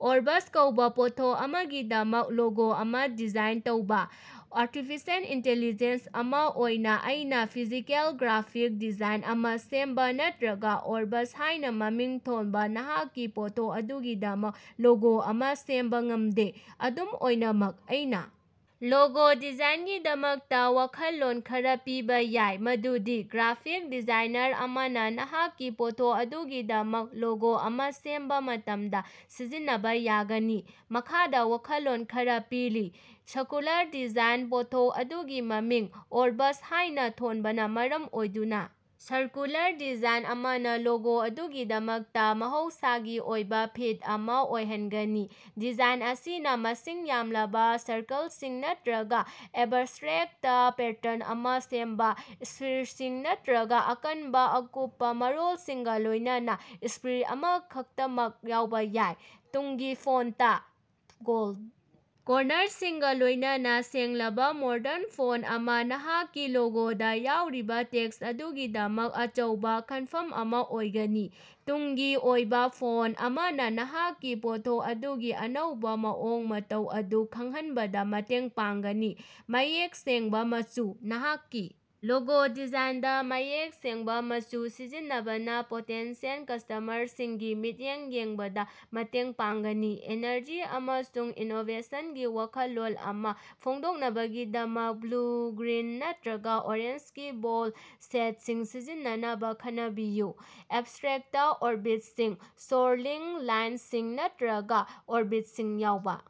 Orbus ꯀꯧꯕ ꯄꯣꯠꯊꯣꯛ ꯑꯃꯒꯤꯗꯃꯛ ꯂꯣꯒꯣ ꯑꯃ ꯗꯤꯖꯥꯏꯟ ꯇꯧꯕ꯫ ꯑꯥꯔꯇꯤꯐꯤꯁꯤꯑꯦꯜ ꯏꯟꯇꯦꯂꯤꯖꯦꯟꯁ ꯑꯃ ꯑꯣꯏꯅ ꯑꯩꯅ ꯐꯤꯖꯤꯀꯦꯜ ꯒ꯭ꯔꯥꯐꯤꯛ ꯗꯤꯖꯥꯏꯟ ꯑꯃ ꯁꯦꯝꯕ ꯅꯠꯇ꯭ꯔꯒ "ꯑꯣꯔꯕꯁ" ꯍꯥꯏꯅ ꯃꯃꯤꯡ ꯊꯣꯟꯕ ꯅꯍꯥꯛꯀꯤ ꯄꯣꯠꯊꯣꯛ ꯑꯗꯨꯒꯤꯗꯃꯛ ꯂꯣꯒꯣ ꯑꯃ ꯁꯦꯝꯕ ꯉꯝꯗꯦ꯫ ꯑꯗꯨꯝ ꯑꯣꯏꯅꯃꯛ, ꯑꯩꯅ ꯂꯣꯒꯣ ꯗꯤꯖꯥꯏꯟꯒꯤꯗꯃꯛꯇ ꯋꯥꯈꯜꯂꯣꯟ ꯈꯔ ꯄꯤꯕ ꯌꯥꯏ ꯃꯗꯨꯗꯤ ꯒ꯭ꯔꯥꯐꯤꯛ ꯗꯤꯖꯥꯏꯅꯔ ꯑꯃꯅ ꯅꯍꯥꯛꯀꯤ ꯄꯣꯠꯊꯣꯛ ꯑꯗꯨꯒꯤꯗꯃꯛ ꯂꯣꯒꯣ ꯑꯃ ꯁꯦꯝꯕ ꯃꯇꯝꯗ ꯁꯤꯖꯤꯟꯅꯕ ꯌꯥꯒꯅꯤ꯫ ꯃꯈꯥꯗ ꯋꯥꯈꯜꯂꯣꯟ ꯈꯔ ꯄꯤꯔꯤ: ꯁꯥꯔꯀꯨꯂꯔ ꯗꯤꯖꯥꯏꯟ: ꯄꯣꯠꯊꯣꯛ ꯑꯗꯨꯒꯤ ꯃꯃꯤꯡ "ꯑꯣꯔꯕꯁ" ꯍꯥꯏꯅ ꯊꯣꯟꯕꯅ ꯃꯔꯝ ꯑꯣꯏꯗꯨꯅ ꯁꯥꯔꯀꯨꯂꯔ ꯗꯤꯖꯥꯏꯟ ꯑꯃꯅ ꯂꯣꯒꯣ ꯑꯗꯨꯒꯤꯗꯃꯛꯇ ꯃꯍꯧꯁꯥꯒꯤ ꯑꯣꯏꯕ ꯐꯤꯠ ꯑꯃ ꯑꯣꯏꯍꯟꯒꯅꯤ꯫ ꯗꯤꯖꯥꯏꯟ ꯑꯁꯤꯅ ꯃꯁꯤꯡ ꯌꯥꯝꯂꯕ ꯁꯔꯀꯜꯁꯤꯡ ꯅꯠꯇ꯭ꯔꯒ ꯑꯦꯕꯁꯇ꯭ꯔꯦꯛꯇ ꯄꯦꯇꯔꯟ ꯑꯃ ꯁꯦꯝꯕ ꯁ꯭ꯐꯤꯔꯁꯤꯡ ꯅꯠꯇ꯭ꯔꯒ ꯑꯀꯟꯕ ꯑꯀꯨꯞꯄ ꯃꯔꯣꯜꯁꯤꯡꯒ ꯂꯣꯏꯅꯅ ꯁ꯭ꯐꯤꯔ ꯑꯃꯈꯛꯇꯃꯛ ꯌꯥꯎꯕ ꯌꯥꯏ꯫ ꯇꯨꯡꯒꯤ ꯐꯣꯟꯇ: ꯒꯣꯜꯗ ꯀꯣꯔꯅꯔꯁꯤꯡꯒ ꯂꯣꯏꯅꯅ ꯁꯦꯡꯂꯕ ꯃꯣꯗꯔꯟ ꯐꯣꯟꯇ ꯑꯃ ꯅꯍꯥꯛꯀꯤ ꯂꯣꯒꯣꯗ ꯌꯥꯎꯔꯤꯕ ꯇꯦꯛꯁ ꯑꯗꯨꯒꯤꯗꯃꯛ ꯑꯆꯧꯕ ꯈꯟꯐꯝ ꯑꯃ ꯑꯣꯏꯒꯅꯤ꯫ ꯇꯨꯡꯒꯤ ꯑꯣꯏꯕ ꯐꯣꯟꯇ ꯑꯃꯅ ꯅꯍꯥꯛꯀꯤ ꯄꯣꯠꯊꯣꯛ ꯑꯗꯨꯒꯤ ꯑꯅꯧꯕ ꯃꯑꯣꯡ ꯃꯇꯧ ꯑꯗꯨ ꯈꯪꯍꯟꯕꯗ ꯃꯇꯦꯡ ꯄꯥꯡꯒꯅꯤ꯫ ꯃꯌꯦꯛ ꯁꯦꯡꯕ ꯃꯆꯨ: ꯅꯍꯥꯛꯀꯤ ꯂꯣꯒꯣ ꯗꯤꯖꯥꯏꯟꯗ ꯃꯌꯦꯛ ꯁꯦꯡꯕ ꯃꯆꯨ ꯁꯤꯖꯤꯟꯅꯕꯅ ꯄꯣꯇꯦꯟꯁꯤꯌꯦꯜ ꯀꯁꯇꯃꯔꯁꯤꯡꯒꯤ ꯃꯤꯠꯌꯦꯡ ꯌꯦꯡꯕꯗ ꯃꯇꯦꯡ ꯄꯥꯡꯒꯅꯤ꯫ ꯏꯅꯔꯖꯤ ꯑꯃꯁꯨꯡ ꯏꯅꯣꯕꯦꯁꯟꯒꯤ ꯋꯥꯈꯜꯂꯣꯟ ꯑꯃ ꯐꯣꯡꯗꯣꯛꯅꯕꯒꯤꯗꯃꯛ ꯕ꯭ꯂꯨ, ꯒ꯭ꯔꯤꯟ ꯅꯠꯇ꯭ꯔꯒ ꯑꯣꯔꯦꯟꯖꯒꯤ ꯕꯣꯜꯗ ꯁꯦꯠꯁꯤꯡ ꯁꯤꯖꯤꯟꯅꯅꯕ ꯈꯟꯅꯕꯤꯌꯨ꯫ ꯑꯦꯕꯁꯇ꯭ꯔꯦꯛꯇ ꯑꯣꯔꯕꯤꯠꯁꯤꯡ: ꯁꯣꯔꯂꯤꯡ ꯂꯥꯏꯟꯁꯤꯡ ꯅꯠꯇ꯭ꯔꯒ ꯑꯣꯔꯕꯤꯠꯁꯤꯡ ꯌꯥꯎꯕ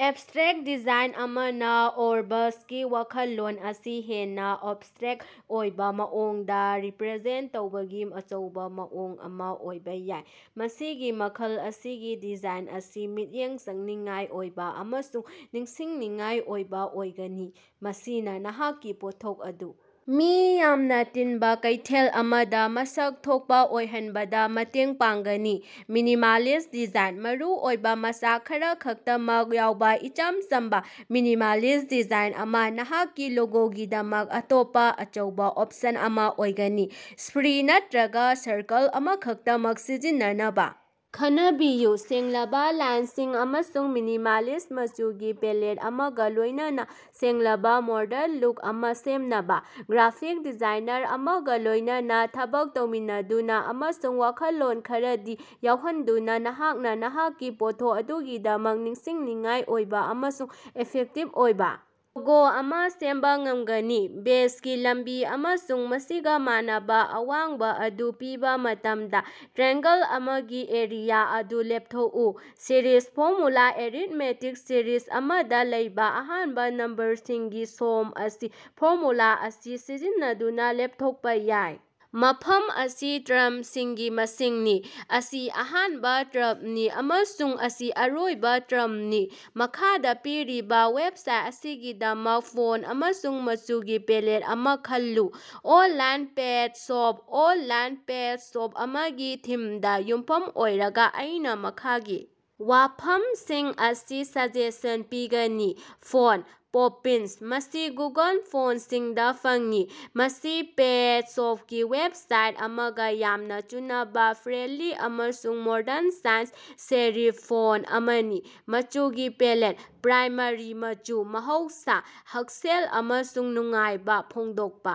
ꯑꯦꯕꯁꯇ꯭ꯔꯦꯛꯇ ꯗꯤꯖꯥꯏꯟ ꯑꯃꯅ "ꯑꯣꯔꯕꯁ"ꯒꯤ ꯋꯥꯈꯜꯂꯣꯟ ꯑꯁꯤ ꯍꯦꯟꯅ ꯑꯦꯕꯁꯇ꯭ꯔꯦꯛꯇ ꯑꯣꯏꯕ ꯃꯑꯣꯡꯗ ꯔꯤꯄ꯭ꯔꯖꯦꯟꯇ ꯇꯧꯕꯒꯤ ꯑꯆꯧꯕ ꯃꯑꯣꯡ ꯑꯃ ꯑꯣꯏꯕ ꯌꯥꯏ꯫ ꯃꯁꯤꯒꯤ ꯃꯈꯜ ꯑꯁꯤꯒꯤ ꯗꯤꯖꯥꯏꯟ ꯑꯁꯤ ꯃꯤꯠꯌꯦꯡ ꯆꯪꯅꯤꯡꯉꯥꯏ ꯑꯣꯏꯕ ꯑꯃꯁꯨꯡ ꯅꯤꯡꯁꯤꯡꯅꯤꯡꯉꯥꯏ ꯑꯣꯏꯕ ꯑꯣꯏꯒꯅꯤ, ꯃꯁꯤꯅ ꯅꯍꯥꯛꯀꯤ ꯄꯣꯠꯊꯣꯛ ꯑꯗꯨ ꯃꯤ ꯌꯥꯝꯅ ꯇꯤꯟꯕ ꯀꯩꯊꯦꯜ ꯑꯃꯗ ꯃꯁꯛ ꯊꯣꯛꯄ ꯑꯣꯏꯍꯟꯕꯗ ꯃꯇꯦꯡ ꯄꯥꯡꯒꯅꯤ꯫ ꯃꯤꯅꯤꯃꯥꯂꯤꯁ꯭ꯠ ꯗꯤꯖꯥꯏꯟ: ꯃꯔꯨꯑꯣꯏꯕ ꯃꯆꯥꯛ ꯈꯔꯈꯛꯇꯃꯛ ꯌꯥꯎꯕ ꯏꯆꯝ ꯆꯝꯕ, ꯃꯤꯅꯤꯃꯥꯂꯤꯁ꯭ꯠ ꯗꯤꯖꯥꯏꯟ ꯑꯃ ꯅꯍꯥꯛꯀꯤ ꯂꯣꯒꯣꯒꯤꯗꯃꯛ ꯑꯇꯣꯞꯄ ꯑꯆꯧꯕ ꯑꯣꯞꯁꯟ ꯑꯃ ꯑꯣꯏꯒꯅꯤ꯫ ꯁ꯭ꯐꯤꯔ ꯅꯠꯇ꯭ꯔꯒ ꯁꯔꯀꯜ ꯑꯃꯈꯛꯇꯃꯛ ꯁꯤꯖꯤꯟꯅꯅꯕ ꯈꯟꯅꯕꯤꯌꯨ, ꯁꯦꯡꯂꯕ ꯂꯥꯏꯟꯁꯤꯡ ꯑꯃꯁꯨꯡ ꯃꯤꯅꯤꯃꯥꯂꯤꯁ꯭ꯠ ꯃꯆꯨꯒꯤ ꯄꯦꯂꯦꯠ ꯑꯃꯒ ꯂꯣꯏꯅꯅ ꯁꯦꯡꯂꯕ, ꯃꯣꯗꯔꯟ ꯂꯨꯛ ꯑꯃ ꯁꯦꯝꯅꯕ꯫ ꯒ꯭ꯔꯥꯐꯤꯛ ꯗꯤꯖꯥꯏꯅꯔ ꯑꯃꯒ ꯂꯣꯏꯅꯅ ꯊꯕꯛ ꯇꯧꯃꯤꯟꯅꯗꯨꯅ ꯑꯃꯁꯨꯡ ꯋꯥꯈꯜꯂꯣꯟ ꯈꯔꯗꯤ ꯌꯥꯎꯍꯟꯗꯨꯅ ꯅꯍꯥꯛꯅ ꯅꯍꯥꯛꯀꯤ ꯄꯣꯠꯊꯣꯛ ꯑꯗꯨꯒꯤꯗꯃꯛ ꯅꯤꯡꯁꯤꯡꯅꯤꯡꯉꯥꯏ ꯑꯣꯏꯕ ꯑꯃꯁꯨꯡ ꯏꯐꯦꯛꯇꯤꯚ ꯑꯣꯏꯕ ꯂꯣꯒꯣ ꯑꯃ ꯁꯦꯝꯕ ꯉꯝꯒꯅꯤ꯫ ꯕꯦꯖꯒꯤ ꯂꯝꯕꯤ ꯑꯃꯁꯨꯡ ꯃꯁꯤꯒ ꯃꯥꯟꯅꯕ ꯑꯋꯥꯡꯕ ꯑꯗꯨ ꯄꯤꯕ ꯃꯇꯝꯗ ꯇ꯭ꯔꯥꯏꯑꯦꯡꯒꯜ ꯑꯃꯒꯤ ꯑꯦꯔꯤꯌꯥ ꯑꯗꯨ ꯂꯦꯞꯊꯣꯛꯎ꯫ ꯁꯤꯔꯤꯖ ꯐꯣꯔꯃꯨꯂꯥ ꯑꯦꯔꯤꯊꯃꯦꯇꯤꯛ ꯁꯤꯔꯤꯖ ꯑꯃꯗ ꯂꯩꯕ ꯑꯍꯥꯟꯕ ꯅꯝꯕꯔꯁꯤꯡꯒꯤ ꯁꯣꯝ ꯑꯁꯤ ꯐꯣꯔꯃꯨꯂꯥ ꯑꯁꯤ ꯁꯤꯖꯤꯟꯅꯗꯨꯅ ꯂꯦꯞꯊꯣꯛꯄ ꯌꯥꯏ: ꯃꯐꯝ ꯑꯁꯤ ꯇ꯭ꯥꯔꯝꯁꯤꯡꯒꯤ ꯃꯁꯤꯡꯅꯤ, ꯑꯁꯤ ꯑꯍꯥꯟꯕ ꯇ꯭ꯥꯔꯞꯅꯤ ꯑꯃꯁꯨꯡ ꯑꯁꯤ ꯑꯔꯣꯏꯕ ꯇ꯭ꯥꯔꯝꯅꯤ꯫ ꯃꯈꯥꯗ ꯄꯤꯔꯤꯕ ꯋꯦꯕꯁꯥꯏꯠ ꯑꯁꯤꯒꯤꯗꯃꯛ ꯐꯣꯟꯇ ꯑꯃꯁꯨꯡ ꯃꯆꯨꯒꯤ ꯄꯦꯂꯦꯠ ꯑꯃꯥ ꯈꯜꯂꯨ꯫ Online pet shop. Online pet shop ꯑꯃꯒꯤ ꯊꯤꯝꯗ ꯌꯨꯝꯐꯝ ꯑꯣꯏꯔꯒ ꯑꯩꯅ ꯃꯈꯥꯒꯤ ꯋꯥꯐꯝꯁꯤꯡ ꯑꯁꯤ ꯁꯖꯦꯁꯟ ꯄꯤꯒꯅꯤ: ꯐꯣꯟꯇ: 'ꯄꯣꯄꯤꯟꯁ' ꯃꯁꯤ ꯒꯨꯒꯜ ꯐꯣꯟꯇꯁꯤꯡꯗ ꯐꯪꯏ꯫ ꯃꯁꯤ ꯄꯦꯠ ꯁꯣꯞꯀꯤ ꯋꯦꯕꯁꯥꯏꯠ ꯑꯃꯒꯥ ꯌꯥꯝꯅꯥ ꯆꯨꯅꯕꯥ ꯐ꯭ꯔꯦꯟꯗꯂꯤ ꯑꯃꯁꯨꯡ ꯃꯣꯗꯔꯟ ꯁꯥꯟꯁ-ꯁꯦꯔꯤꯐ ꯐꯣꯟꯇ ꯑꯃꯅꯤ꯫ ꯃꯆꯨꯒꯤ ꯄꯦꯂꯦꯠ: ꯄ꯭ꯔꯥꯏꯃꯥꯔꯤ ꯃꯆꯨ - ꯃꯍꯧꯁꯥ, ꯍꯛꯁꯦꯜ ꯑꯃꯁꯨꯡ ꯅꯨꯡꯉꯥꯏꯕ ꯐꯣꯡꯗꯣꯛꯄ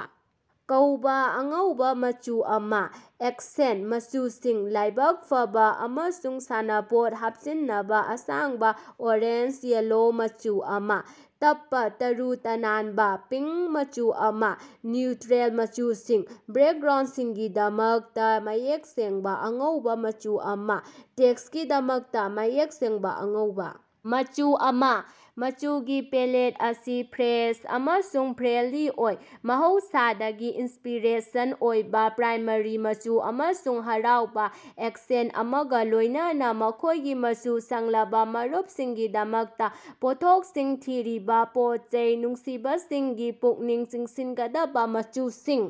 ꯀꯧꯕ ꯑꯉꯧꯕ ꯃꯆꯨ ꯑꯃ, ꯑꯦꯛꯁꯦꯟꯇ ꯃꯆꯨꯁꯤꯡ: ꯂꯥꯏꯕꯛ ꯐꯕ ꯑꯃꯁꯨꯡ ꯁꯥꯟꯅꯄꯣꯠ ꯍꯥꯞꯆꯤꯟꯅꯕ ꯑꯁꯥꯡꯕ ꯑꯣꯔꯦꯟꯖ-ꯌꯦꯜꯂꯣ ꯃꯆꯨ ꯑꯃ, ꯇꯞꯄ ꯇꯔꯨ ꯇꯅꯥꯟꯕ ꯄꯤꯡꯀ ꯃꯆꯨ ꯑꯃ, ꯅ꯭ꯌꯨꯇ꯭ꯔꯦꯜ ꯃꯆꯨꯁꯤꯡ: ꯕꯦꯛꯒ꯭ꯔꯥꯎꯟꯗꯁꯤꯡꯒꯤꯗꯃꯛꯇ ꯃꯌꯦꯛ ꯁꯦꯡꯕ ꯑꯉꯧꯕ ꯃꯆꯨ ꯑꯃ, ꯇꯦꯛꯁꯀꯤꯗꯃꯛꯇ ꯃꯌꯦꯛ ꯁꯦꯡꯕ ꯑꯉꯧꯕ ꯃꯆꯨ ꯑꯃ꯫ ꯃꯆꯨꯒꯤ ꯄꯦꯂꯦꯠ ꯑꯁꯤ ꯐ꯭ꯔꯦꯁ ꯑꯃꯁꯨꯡ ꯐ꯭ꯔꯦꯟꯗꯂꯤ ꯑꯣꯏ, ꯃꯍꯧꯁꯥꯗꯒꯤ ꯏꯟꯁ꯭ꯄꯤꯔꯦꯁꯟ ꯑꯣꯏꯕ ꯄ꯭ꯔꯥꯏꯃꯥꯔꯤ ꯃꯆꯨ ꯑꯃꯁꯨꯡ ꯍꯔꯥꯎꯕ ꯑꯦꯛꯁꯦꯟꯇ ꯑꯃꯒ ꯂꯣꯏꯅꯅ ꯃꯈꯣꯏꯒꯤ ꯃꯆꯨ ꯁꯪꯂꯕ ꯃꯔꯨꯞꯁꯤꯡꯒꯤꯗꯃꯛꯇ ꯄꯣꯠꯊꯣꯛꯁꯤꯡ ꯊꯤꯔꯤꯕ ꯄꯣꯠꯆꯩ ꯅꯨꯡꯁꯤꯕꯁꯤꯡꯒꯤ ꯄꯨꯛꯅꯤꯡ ꯆꯤꯡꯁꯤꯟꯒꯗꯕ ꯃꯆꯨꯁꯤꯡ꯫